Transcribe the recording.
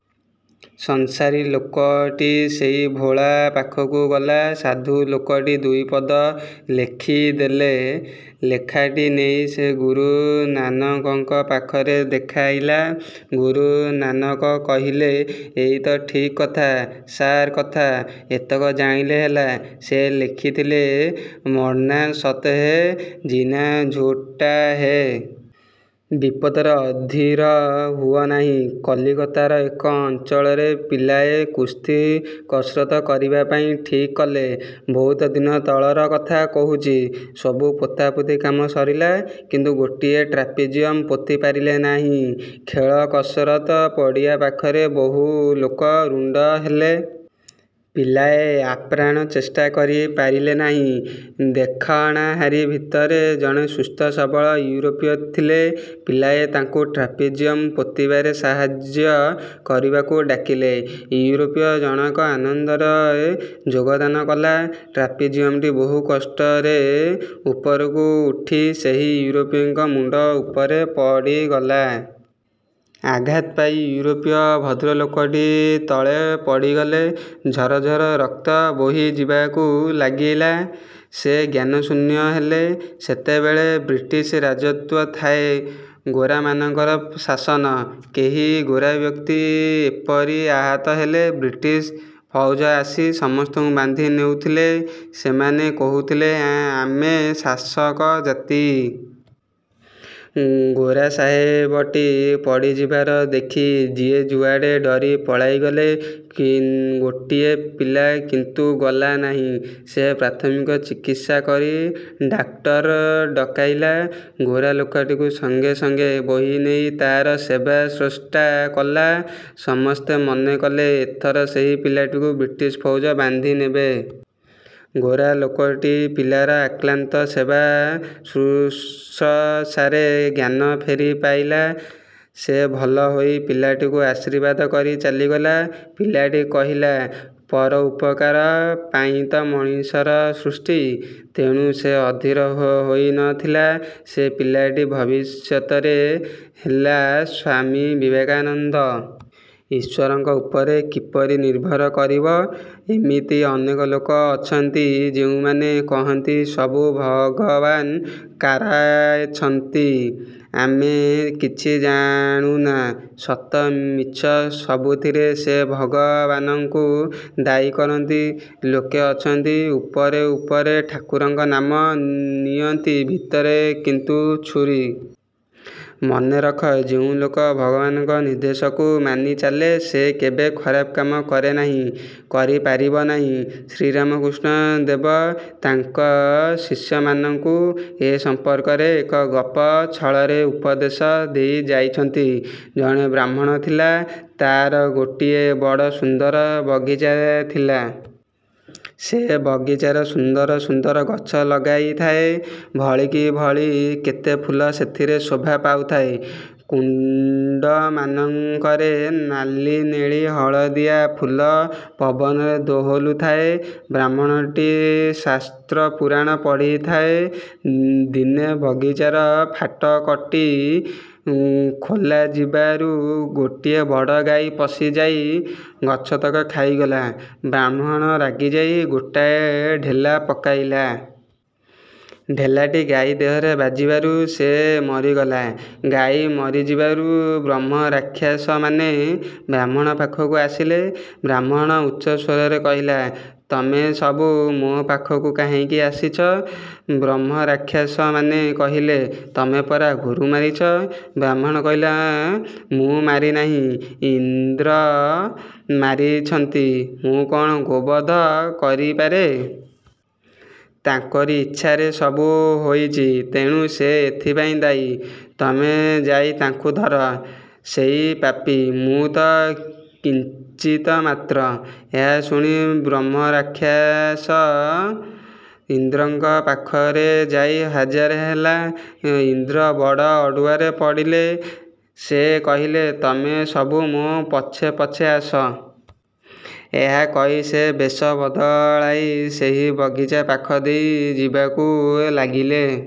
ସଂସାରୀ ଲୋକଟି ସେଇ ଭୋଳା ପାଖକୁ ଗଲା। ସାଧୁ ଲୋକଟି ଦୁଇପଦ ଲେଖିଦେଲେ। ଲେଖାଟି ନେଇ ସେ ଗୁରୁ ନାନକଙ୍କ ପାଖରେ ଦେଖାଇଲା। ଗୁରୁ ନାନକ କହିଲେ, ''ଏଇ ତ ଠିକ୍ କଥା-ସାର କଥା-ଏତକ ଜାଣିଲେ ହେଲା। '' ସେ ଲେଖିଥିଲେ ''ମର୍ନା ସତ୍ ହୈ, ଜୀଁନା ଝୁଟା ହୈ। '' ବିପଦରେ ଅଧୀର ହୁଅନାହିଁ କଲିକତାର ଏକ ଅଞ୍ଚଳରେ ପିଲାଏ କୁସ୍ତି କସରତ୍ କରିବା ପାଇଁ ଠିକ୍ କଲେ। ବହୁତ ଦିନ ତଳର କଥା କହୁଛି। ସବୁ ପୋତାପୋତି କାମ ସରିଲା। କିନ୍ତୁ ଗୋଟିଏ ଟ୍ରାପିଜିଅମ ପୋତି ପାରିଲେ ନାହିଁ। ଖେଳ କସରତ ପଡ଼ିଆ ପାଖରେ ବହୁ ଲୋକ ରୁଣ୍ତ ହେଲେ। ପିଲାଏ ଆପ୍ରାଣ ଚେଷ୍ଟା କରି ପାରିଲେ ନାହିଁ। ଦେଖଣାହାରୀ ଭିତରେ ଜଣେ ସୁସ୍ଥ ସବଳ ୟୁରୋପୀୟ ଥିଲେ। ପିଲାଏ ତାଙ୍କୁ ଟ୍ରାପିଜିୟମ ପୋତିବାରେ ସାହାଯ୍ୟ କରିବାକୁ ଡାକିଲେ। ୟୁରୋପୀୟ ଜଣକ ଆନନ୍ଦରେ ଯୋଗଦାନ କଲା। ଟ୍ରାପିଜିୟମଟି ବହୁ କଷ୍ଟରେ ଉପରକୁ ଉଠି ସେହି ୟୁରୋପୀୟଙ୍କ ମୁଣ୍ତ ଉପରେ ପଡ଼ିଗଲା। ଆଘାତ ପାଇ ୟୁରୋପୀୟ ଭଦ୍ରଲୋକଟି ତଳେ ପଡ଼ିଗଲେ। ଝର ଝର ରକ୍ତ ବୋହି ଯିବାକୁ ଲାଗିଲା। ସେ ଜ୍ଞାନଶୂନ୍ୟ ହେଲେ। ସେତେବେଳେ ବ୍ରିଟିଶ ରାଜତ୍ୱ ଥାଏ। ଗୋରାମାନଙ୍କର ଶାସନ। କେହି ଗୋରାବ୍ୟକ୍ତି ଏପରି ଆହତ ହେଲେ ବ୍ରିଟିଶ ଫଉଜ ଆସି ସମସ୍ତଙ୍କୁ ବାନ୍ଧି ନେଉଥିଲେ। ସେମାନେ କହୁଥିଲେ, ଆମେ ଶାସକ ଜାତି। ଗୋରା ସାହେବଟି ପଡ଼ିଯିବାର ଦେଖି ଯିଏ ଯୁଆଡ଼େ ଡରି ପଳାଇଗଲେ। ଗୋଟିଏ ପିଲା କିନ୍ତୁ ଗଲା ନାହିଁ। ସେ ପ୍ରାଥମିକ ଚିକିତ୍ସା କରି ଡାକ୍ତର ଡକାଇଲା। ଗୋରା ଲୋକଟିକୁ ସଙ୍ଗେ ସଙ୍ଗେ ବୋହି ନେଇ ତାର ସେବାଶୁଶ୍ରୂଷା କଲା। ସମସ୍ତେ ମନେକଲେ ଏଥର ସେହି ପିଲାଟିକୁ ବ୍ରିଟିଶ ଫଉଜ ବାନ୍ଧି ନେବେ। ଗୋରା ଲୋକଟି ପିଲାର ଅକ୍ଳାନ୍ତ ସେବା ଶୁଶ୍ରୂଷାରେ ଜ୍ଞାନ ଫେରି ପାଇଲା। ସେ ଭଲ ହୋଇ ପିଲାଟିକୁ ଆଶୀର୍ବାଦ କରି ଚାଲିଗଲା। ପିଲାଟି କହିଲା, 'ପର ଉପକାର ପାଇଁତ ମଣିଷର ସୃଷ୍ଟି। ' ତେଣୁ ସେ ଅଧୀର ହୋଇ ନଥିଲା। ସେ ପିଲାଟି ଭବିଷ୍ୟତରେ ହେଲା ସ୍ୱାମୀ ବିବେକାନନ୍ଦ। ଈଶ୍ୱରଙ୍କ ଉପରେ କିପରି ନିର୍ଭର କରିବ? ଏମିତି ଅନେକ ଲୋକ ଅଛନ୍ତି, ଯେଉଁମାନେ କହନ୍ତି-ସବୁ ଭଗବାନ କାରଛନ୍ତି, ଆମେ କିଛି ଜାଣୁନା। ସତ ମିଛ ସବୁଥିରେ ସେ ଭଗବାନଙ୍କୁ ଦାୟୀ କରନ୍ତି। ଲୋକେ ଅଛନ୍ତି, ଉପରେ ଉପରେ ଠାକୁରଙ୍କ ନାମ ନିଅନ୍ତି, ଭିତରେ କିନ୍ତୁ ଛୁରୀ। ମନେ ରଖ, ଯେଉଁ ଲୋକ ଭଗବାନଙ୍କ ନିର୍ଦ୍ଦେଶକୁ ମାନି ଚାଲେ, ସେ କେବେ ଖରାପ କାମ କରେ ନାହିଁ-କରି ପାରିବ ନାହିଁ-। ଶ୍ରୀରାମକୃଷ୍ଣ ଦେବ ତାଙ୍କ ଶିଷ୍ୟମାନଙ୍କୁ ଏ ସମ୍ପର୍କରେ ଏକ ଗପ ଛଳରେ ଉପଦେଶ ଦେଇ ଯାଇଛନ୍ତି। ଜଣେ ବ୍ରାହ୍ମଣ ଥିଲା। ତାର ଗୋଟିଏ ବଡ଼ ସୁନ୍ଦର ବଗିଚା ଥିଲା। ସେ ବଗିଚାର ସୁନ୍ଦର ସୁନ୍ଦର ଗଛ ଲଗାଇଥାଏ। ଭଳିକି ଭଳି କେତେ ଫୁଲ ସେଥିରେ ଶୋଭା ପାଉଥାଏ। କୁଣ୍ତମାନଙ୍କରେ ନାଲି-ନେଳି-ହଳଦିଆ ଫୁଲ ପବନରେ ଦୋହଲୁଥାଏ। ବ୍ରାହ୍ମଣଟି ଶାସ୍ତ୍ର-ପୁରାଣ ପଢ଼ିଥାଏ। ଦିନେ ବଗିଚାର ଫାଟକଟି ଖୋଲାଯିବାରୁ ଗୋଟିଏ ବଡ଼ ଗାଈ ପଶିଯାଇ ଗଛତକ ଖାଇଗଲା। ବ୍ରାହ୍ମଣ ରାଗିଯାଇ ଗୋଟାଏ ଢେଲା ପକାଇଲା। ଢେଲାଟି ଗାଈ ଦେହରେ ବାଜିବାରୁ ସେ ମରିଗଲା। ଗାଈ ମରିଯିବାରୁ ବ୍ରହ୍ମରାକ୍ଷସମାନେ ବ୍ରାହ୍ମଣ ପାଖକୁ ଆସିଲେ। ବ୍ରାହ୍ମଣ ଉଚ୍ଚସ୍ୱରରେ କହିଲା-'ତମେସବୁ ମୋ ପାଖକୁ କାହିଁକି ଆସିଛ? ' ବ୍ରହ୍ମରାକ୍ଷସମାନେ କହିଲେ-'ତମେ ପରା ଗୋରୁ ମାରିଛ। '। ବ୍ରାହ୍ମଣ କହିଲା, 'ମୁଁ ମାରିନାହିଁ, ଇନ୍ଦ୍ର ମାରିଛନ୍ତି। ମୁଁ କ'ଣ ଗୋବଧ କରିପାରେ? ତାଙ୍କରି ଇଚ୍ଛାରେ ସବୁ ହୋଇଛି; ତେଣୁ ସେ ଏଥିପାଇଁ ଦାୟୀ। ତମେ ଯାଇ ତାଙ୍କୁ ଧର। ସେଇ ପାପୀ; ମୁଁ ତ କିଞ୍ଚିତ ମାତ୍ର। ' ଏହା ଶୁଣି ବ୍ରହ୍ମରାକ୍ଷସ ଇନ୍ଦ୍ରଙ୍କ ପାଖରେ ଯାଇ ହାଜର ହେଲା। ଇନ୍ଦ୍ର ବଡ଼ ଅଡ଼ୁଆରେ ପଡ଼ିଲେ। ସେ କହିଲେ-''ତମେ ସବୁ ମୋ ପଛେ ପଛେ ଆସ। '' ଏହା କହି ସେ ବେଶ ବଦଳାଇ ସେହି ବଗିଚା ପାଖ ଦେଇ ଯିବାକୁ ଲାଗିଲେ।